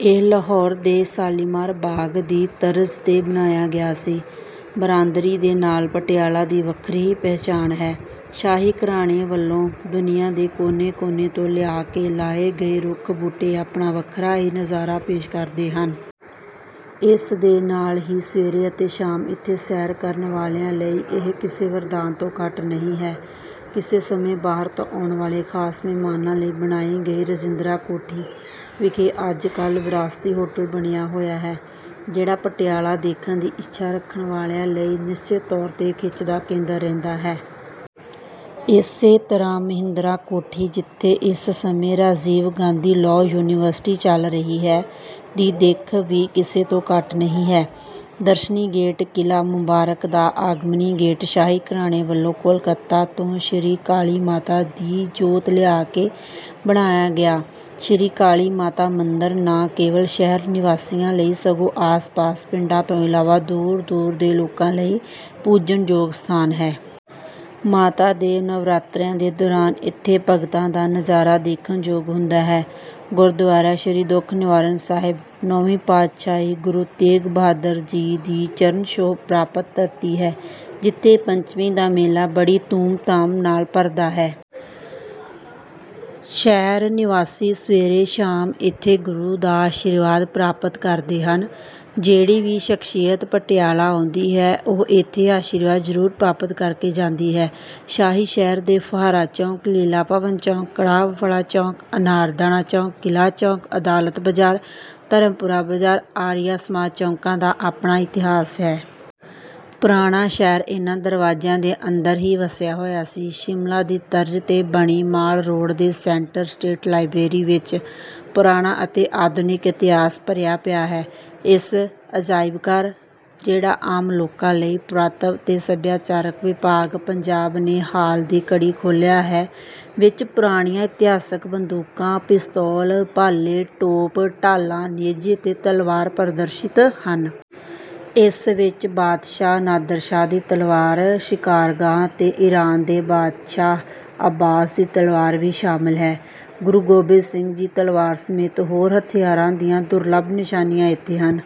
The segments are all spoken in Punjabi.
ਇਹ ਲਾਹੌਰ ਦੇ ਸ਼ਾਲੀਮਾਰ ਬਾਗ ਦੀ ਤਰਜ਼ 'ਤੇ ਬਣਾਇਆ ਗਿਆ ਸੀ। ਬਾਰਾਂਦਰੀ ਦੇ ਨਾਲ ਪਟਿਆਲਾ ਦੀ ਵੱਖਰੀ ਹੀ ਪਹਿਚਾਣ ਹੈ। ਸ਼ਾਹੀ ਘਰਾਣੇ ਵੱਲੋਂ ਦੁਨੀਆਂ ਦੇ ਕੋਨੇ- ਕੋਨੇ ਤੋਂ ਲਿਆ ਕੇ ਲਾਏ ਗਏ ਰੁੱਖ ਬੂਟੇ ਆਪਣਾ ਵੱਖਰਾ ਹੀ ਨਜ਼ਾਰਾ ਪੇਸ਼ ਕਰਦੇ ਹਨ। ਇਸ ਦੇ ਨਾਲ ਹੀ ਸਵੇਰੇ ਅਤੇ ਸ਼ਾਮ ਇਥੇ ਸੈਰ ਕਰਨ ਵਾਲਿਆਂ ਲਈ ਇਹ ਕਿਸੇ ਵਰਦਾਨ ਤੋਂ ਘੱਟ ਨਹੀਂ ਹੈ। ਕਿਸੇ ਸਮੇਂ ਬਾਹਰ ਤੋਂ ਆਉਣ ਵਾਲੇ ਖਾਸ ਮਹਿਮਾਨਾਂ ਲਈ ਬਣਾਈ ਗਈ ਰਾਜਿੰਦਰਾ ਕੋਠੀ ਵਿਖੇ ਅੱਜ ਕੱਲ੍ਹ ਵਿਰਾਸਤੀ ਹੋਟਲ ਬਣਿਆ ਹੋਇਆ ਹੈ, ਜਿਹੜਾ ਪਟਿਆਲਾ ਦੇਖਣ ਦੀ ਇੱਛਾ ਰੱਖਣ ਵਾਲਿਆਂ ਲਈ ਨਿਸ਼ਚਿਤ ਤੌਰ 'ਤੇ ਖਿੱਚ ਦਾ ਕੇਂਦਰ ਰਹਿੰਦਾ ਹੈ। ਇਸੇ ਤਰ੍ਹਾਂ ਮਹਿੰਦਰਾ ਕੋਠੀ ਜਿਥੇ ਇਸ ਸਮੇਂ ਰਾਜੀਵ ਗਾਂਧੀ ਲਾਅ ਯੂਨੀਵਰਸਿਟੀ ਚੱਲ ਰਹੀ ਹੈ, ਦੀ ਦਿੱਖ ਵੀ ਕਿਸੇ ਤੋਂ ਘੱਟ ਨਹੀਂ ਹੈ। ਦਰਸ਼ਨੀ ਗੇਟ ਕਿਲ੍ਹਾ ਮੁਬਾਰਕ ਦਾ ਆਗਮਨੀ ਗੇਟ ਸ਼ਾਹੀ ਘਰਾਣੇ ਵੱਲੋਂ ਕੋਲਕਾਤਾ ਤੋਂ ਸ੍ਰੀ ਕਾਲੀ ਮਾਤਾ ਦੀ ਜੋਤ ਲਿਆ ਕੇ ਬਣਾਇਆ ਗਿਆ ਸ੍ਰੀ ਕਾਲੀ ਮਾਤਾ ਮੰਦਰ ਨਾ ਕੇਵਲ ਸ਼ਹਿਰ ਨਿਵਾਸੀਆਂ ਲਈ, ਸਗੋਂ ਆਸ ਪਾਸ ਪਿੰਡਾਂ ਤੋਂ ਇਲਾਵਾ ਦੂਰ ਦੂਰ ਦੇ ਲੋਕਾਂ ਲਈ ਪੂਜਣਯੋਗ ਸਥਾਨ ਹੈ। ਮਾਤਾ ਦੇ ਨਵਰਾਤਰਿਆਂ ਦੇ ਦੌਰਾਨ ਇਥੇ ਭਗਤਾਂ ਦਾ ਨਜ਼ਾਰਾ ਦੇਖਣਯੋਗ ਹੁੰਦਾ ਹੈ। ਗੁਰਦੁਆਰਾ ਸ੍ਰੀ ਦੁੱਖ ਨਿਵਾਰਨ ਸਾਹਿਬ ਨੌਵੀਂ ਪਾਤਸ਼ਾਹੀ ਗੁਰੂ ਤੇਗ ਬਹਾਦੁਰ ਜੀ ਦੀ ਚਰਨ ਛੋਹ ਪ੍ਰਾਪਤ ਧਰਤੀ ਹੈ, ਜਿੱਥੇ ਪੰਚਮੀ ਦਾ ਮੇਲਾ ਬੜੀ ਧੂਮ ਧਾਮ ਨਾਲ ਭਰਦਾ ਹੈ। ਸ਼ਹਿਰ ਨਿਵਾਸੀ ਸਵੇਰੇ-ਸ਼ਾਮ ਇਥੇ ਗੁਰੂ ਦਾ ਆਸ਼ੀਰਵਾਦ ਪ੍ਰਾਪਤ ਕਰਦੇ ਹਨ। ਜਿਹੜੀ ਵੀ ਸ਼ਖਸ਼ੀਅਤ ਪਟਿਆਲਾ ਆਉਂਦੀ ਹੈ, ਉਹ ਇਥੇ ਆਸ਼ੀਰਵਾਦ ਜ਼ਰੂਰ ਪ੍ਰਾਪਤ ਕਰਕੇ ਜਾਂਦੀ ਹੈ। ਸ਼ਾਹੀ ਸ਼ਹਿਰ ਦੇ ਫੁਹਾਰਾ ਚੌਂਕ, ਲੀਲਾ ਭਵਨ ਚੌਂਕ, ਕੜਾਹ ਵਾਲਾ ਚੌਂਕ, ਅਨਾਰਦਾਨਾ ਚੌਂਕ, ਕਿਲ੍ਹਾ ਚੌਂਕ, ਅਦਾਲਤ ਬਜ਼ਾਰ, ਧਰਮਪੁਰਾ ਬਜ਼ਾਰ, ਆਰੀਆ ਸਮਾਜ ਚੌਕਾਂ ਦਾ ਆਪਣਾ ਇਤਿਹਾਸ ਹੈ। ਪੁਰਾਣਾ ਸ਼ਹਿਰ ਇਨ੍ਹਾਂ ਦਰਵਾਜ਼ਿਆਂ ਦੇ ਅੰਦਰ ਹੀ ਵਸਿਆ ਹੋਇਆ ਸੀ। ਸ਼ਿਮਲਾ ਦੀ ਤਰਜ਼ 'ਤੇ ਬਣੀ ਮਾਲ ਰੋਡ 'ਤੇ ਸੈਂਟਰ ਸਟੇਟ ਲਾਇਬਰੇਰੀ ਵਿਚ ਪੁਰਾਣਾ ਅਤੇ ਅਧੁਨਿਕ ਇਤਿਹਾਸ ਭਰਿਆ ਪਿਆ ਹੈ। ਇਸ ਅਜਾਇਬਘਰ, ਜਿਹੜਾ ਆਮ ਲੋਕਾਂ ਲਈ ਪੁਰਾਤਵ ਤੇ ਸੱਭਿਆਚਾਰਕ ਵਿਭਾਗ ਪੰਜਾਬ ਨੇ ਹਾਲ ਦੀ ਘੜੀ ਖੋਲ੍ਹਿਆ ਹੈ, ਵਿੱਚ ਪੁਰਾਣੀਆਂ ਇਤਿਹਾਸਕ ਬੰਦੂਕਾਂ, ਪਿਸਤੌਲ, ਭਾਲੇ, ਟੋਪ, ਢਾਲਾਂ, ਨੇਜੇ ਤੇ ਤਲਵਾਰਾਂ ਪ੍ਰਦਰਸ਼ਿਤ ਹਨ। ਇਸ ਵਿੱਚ ਬਾਦਸ਼ਾਹ ਨਾਦਰਸ਼ਾਹ ਦੀ ਤਲਵਾਰ 'ਸ਼ਿਕਾਰਗਾਹ' ਤੇ ਈਰਾਨ ਦੇ ਬਾਦਸ਼ਾਹ ਸ਼ਾਹ ਅੱਬਾਸ ਦੀ ਤਲਵਾਰ ਵੀ ਸ਼ਾਮਲ ਹੈ। ਗੁਰੂ ਗੋਬਿੰਦ ਸਿੰਘ ਦੀ ਤਲਵਾਰ ਸਮੇਤ ਹੋਰ ਹਥਿਆਰਾਂ ਦੀਆਂ ਦੁਰਲੱਭ ਨਿਸ਼ਾਨੀਆਂ ਇੱਥੇ ਹਨ।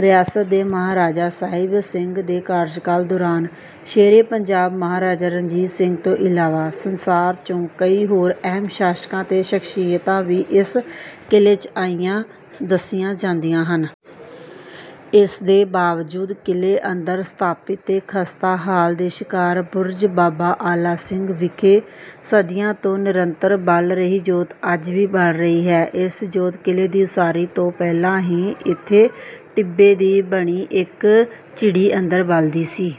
ਰਿਆਸਤ ਦੇ ਮਹਾਰਾਜਾ ਸਾਹਿਬ ਸਿੰਘ ਦੇ ਕਾਰਜਕਾਲ ਦੌਰਾਨ ਸ਼ੇਰੇ ਪੰਜਾਬ ਮਹਾਰਾਜਾ ਰਣਜੀਤ ਸਿੰਘ ਤੋਂ ਇਲਾਵਾ ਸੰਸਾਰ 'ਚੋਂ ਕਈ ਹੋਰ ਅਹਿਮ ਸ਼ਾਸਕ ਤੇ ਸ਼ਖਸੀਅਤਾਂ ਵੀ ਇਸ ਕਿਲ੍ਹੇ 'ਚ ਆਈਆਂ ਦੱਸੀਆਂ ਜਾਂਦੀਆਂ ਹਨ। ਇਸ ਦੇ ਬਾਵਜੂਦ ਕਿਲ੍ਹੇ ਅੰਦਰ ਸਥਾਪਿਤ ਤੇ ਖਸਤਾ ਹਾਲ ਦੇ ਸ਼ਿਕਾਰ 'ਬੁਰਜ ਬਾਬਾ ਆਲਾ ਸਿੰਘ' ਵਿਖੇ ਸਦੀਆਂ ਤੋਂ ਨਿਰੰਤਰ ਬਲ ਰਹੀ ਜੋਤ ਅੱਜ ਵੀ ਬਲ ਰਹੀ ਹੈ। ਇਹ ਜੋਤ ਕਿਲ੍ਹੇ ਦੀ ਉਸਾਰੀ ਤੋਂ ਪਹਿਲਾਂ ਹੀ ਇਥੇ ਟਿੱਬੇ ਦੀ ਬਣੀ ਇੱਕ ਝਿੜੀ ਅੰਦਰ ਬਲਦੀ ਸੀ।